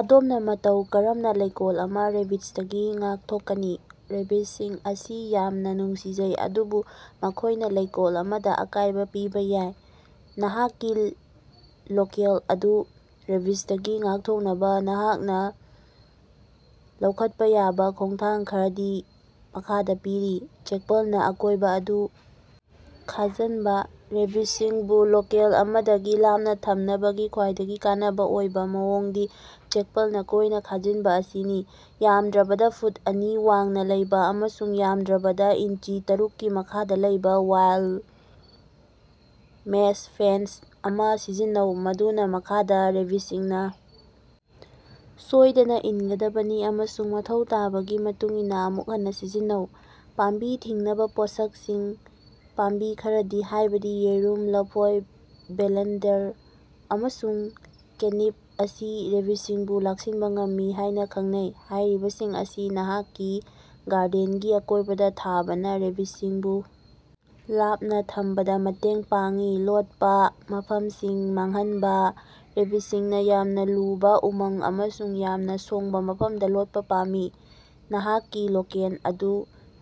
ꯑꯗꯣꯝꯅꯥ ꯃꯇꯧ ꯀꯔꯝꯅꯥ ꯂꯩꯀꯣꯜ ꯑꯃꯥ ꯔꯦꯕꯤꯖꯗꯒꯤ ꯉꯥꯛꯊꯣꯛꯀꯅꯤ? ꯔꯦꯕꯤꯖꯁꯤꯡ ꯑꯁꯤ ꯌꯥꯝꯅꯥ ꯅꯨꯡꯁꯤꯖꯩ ꯑꯗꯨꯕꯨ ꯃꯈꯣꯢꯅ ꯂꯩꯀꯣꯜ ꯑꯃꯗ ꯑꯀꯥꯢꯕꯥ ꯄꯤꯕꯥ ꯌꯥꯏ꯫ ꯅꯍꯥꯛꯀꯤ ꯂꯣꯀꯦꯜ ꯑꯗꯨ ꯔꯦꯕꯤꯖꯗꯒꯤ ꯉꯥꯛꯊꯣꯛꯅꯕꯥ ꯅꯍꯥꯛꯅꯥ ꯂꯧꯈꯠꯄꯥ ꯌꯥꯕꯥ ꯈꯣꯡꯊꯥꯡ ꯈꯔꯗꯤ ꯃꯈꯥꯗꯥ ꯄꯤꯔꯤ: ꯆꯦꯛꯄꯜꯅ ꯑꯀꯣꯏꯕ ꯑꯗꯨ ꯈꯥꯖꯥꯟꯕ: ꯔꯦꯕꯤꯖꯁꯤꯡꯕꯨ ꯂꯣꯀꯦꯜ ꯑꯃꯗꯒꯤ ꯂꯥꯞꯅꯥ ꯊꯝꯅꯕꯒꯤ ꯈ꯭ꯋꯥꯏꯗꯒꯤ ꯀꯥꯟꯅꯕ ꯑꯣꯏꯕ ꯃꯑꯣꯡꯗꯤ ꯆꯦꯛꯄꯜꯅ ꯀꯣꯏꯅ ꯈꯥꯖꯤꯟꯕ ꯑꯁꯤꯅꯤ꯫ ꯌꯥꯝꯗ꯭ꯔꯕꯗꯥ ꯐꯨꯠ ꯑꯅꯤ ꯋꯥꯡꯅꯥ ꯂꯩꯕꯥ ꯑꯃꯁꯨꯡ ꯌꯥꯃꯗ꯭ꯔꯕꯗꯥ ꯏꯟꯆꯤ ꯇꯔꯨꯛꯀꯤ ꯃꯈꯥꯗ ꯂꯩꯕ ꯋꯥꯏꯔ ꯃꯦꯁ ꯐꯦꯟꯁ ꯑꯃꯥ ꯁꯤꯖꯤꯟꯅꯧ ꯃꯗꯨꯅꯥ ꯃꯈꯥꯗ ꯔꯦꯕꯤꯖꯁꯤꯡꯅꯥ ꯁꯣꯢꯗꯅ ꯏꯟꯒꯗꯕꯅꯤ ꯑꯃꯁꯨꯡ ꯃꯊꯧ ꯇꯥꯕꯒꯤ ꯃꯇꯨꯡꯏꯟꯅꯥ ꯑꯃꯨꯛ ꯍꯟꯅꯥ ꯁꯤꯖꯤꯟꯅꯧ꯫ ꯄꯥꯝꯕꯤ ꯊꯤꯡꯅꯕ ꯄꯣꯠꯁꯛꯁꯤꯡ: ꯄꯥꯝꯕꯤ ꯈꯔꯗꯤ ꯍꯥꯢꯕꯗꯤ ꯌꯦꯔꯨꯝ, ꯂꯐꯣꯏ, ꯂꯦꯚꯦꯟꯗꯔ ꯑꯃꯁꯨꯡ ꯀꯦꯠꯅꯤꯞ ꯑꯁꯤ ꯔꯦꯕꯤꯖꯁꯤꯡꯕꯨ ꯂꯥꯛꯁꯤꯟꯕ ꯉꯝꯃꯤ ꯍꯥꯢꯅ ꯈꯪꯅꯩ꯫ ꯍꯥꯢꯔꯤꯕꯁꯤꯡ ꯑꯁꯤ ꯅꯍꯥꯛꯀꯤ ꯒꯥꯔꯗꯦꯟꯒꯤ ꯑꯀꯣꯢꯕꯗ ꯊꯥꯕꯅ ꯔꯦꯕꯤꯖꯁꯤꯡꯕꯨ ꯂꯥꯞꯅ ꯊꯝꯕꯗꯥ ꯃꯇꯦꯡ ꯄꯥꯡꯏ꯫ ꯂꯣꯠꯄꯥ ꯃꯐꯝꯁꯤꯡ ꯃꯥꯡꯍꯟꯕ: ꯔꯦꯕꯤꯖꯁꯤꯡꯅ ꯌꯥꯝꯅ ꯂꯨꯕꯥ ꯎꯃꯪ ꯑꯃꯁꯨꯡ ꯌꯥꯝꯅ ꯁꯣꯡꯕ ꯃꯐꯝꯗ ꯂꯣꯠꯄꯥ ꯄꯥꯝꯃꯤ꯫ ꯅꯍꯥꯛꯀꯤ ꯂꯣꯀꯦꯜ ꯑꯗꯨ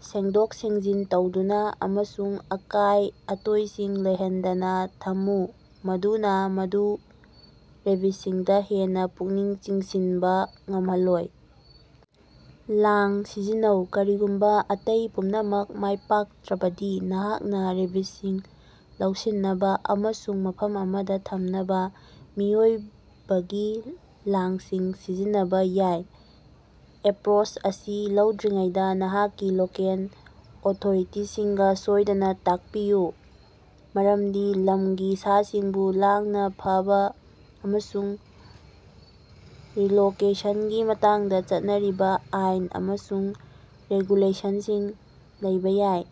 ꯁꯦꯡꯗꯣꯛ-ꯁꯦꯡꯖꯤꯟ ꯇꯧꯗꯨꯅ ꯑꯃꯁꯨꯡ ꯑꯀꯥꯢ-ꯑꯇꯣꯢꯁꯤꯡ ꯂꯩꯍꯟꯗꯅ ꯊꯝꯃꯨ ꯃꯗꯨꯅ ꯃꯗꯨ ꯔꯦꯕꯤꯖꯁꯤꯡꯗ ꯍꯦꯟꯅ ꯄꯨꯛꯅꯤꯡ ꯆꯤꯡꯁꯤꯟꯕ ꯉꯝꯍꯜꯂꯣꯏ꯫ ꯂꯥꯡ ꯁꯤꯖꯤꯟꯅꯧ: ꯀꯔꯤꯒꯨꯝꯕꯥ ꯑꯇꯩ ꯄꯨꯝꯅꯃꯛ ꯃꯥꯢꯄꯥꯛꯇ꯭ꯔꯕꯗꯤ ꯅꯍꯥꯛꯅ ꯔꯦꯕꯤꯖꯁꯤꯡ ꯂꯧꯁꯤꯟꯅꯕ ꯑꯃꯁꯨꯡ ꯃꯐꯝ ꯑꯃꯗ ꯊꯝꯅꯕ ꯄꯤꯑꯣꯏꯕꯒꯤ ꯂꯥꯡꯁꯤꯡ ꯁꯤꯖꯤꯟꯅꯕꯥ ꯌꯥꯏ꯫ ꯑꯦꯄ꯭ꯔꯣꯆ ꯑꯁꯤ ꯂꯧꯗ꯭ꯔꯤꯉꯩꯗꯥ ꯅꯍꯥꯛꯀꯤ ꯂꯣꯀꯦꯜ ꯑꯣꯊꯣꯔꯤꯇꯤꯁꯤꯡꯒ ꯁꯣꯢꯗꯅꯥ ꯇꯥꯛꯄꯤꯌꯨ ꯃꯔꯝꯗꯤ ꯂꯝꯒꯤ ꯁꯥꯁꯤꯡꯕꯨ ꯂꯥꯡꯅ ꯐꯥꯕ ꯑꯃꯁꯨꯡ ꯔꯤꯂꯣꯀꯦꯁꯟꯒꯤ ꯃꯇꯥꯡꯗ ꯆꯠꯅꯔꯤꯕꯥ ꯑꯥꯏꯟ ꯑꯃꯁꯨꯡ ꯔꯦꯒꯨꯂꯦꯁꯟꯁꯤꯡ ꯂꯩꯕꯥ ꯌꯥꯏ꯫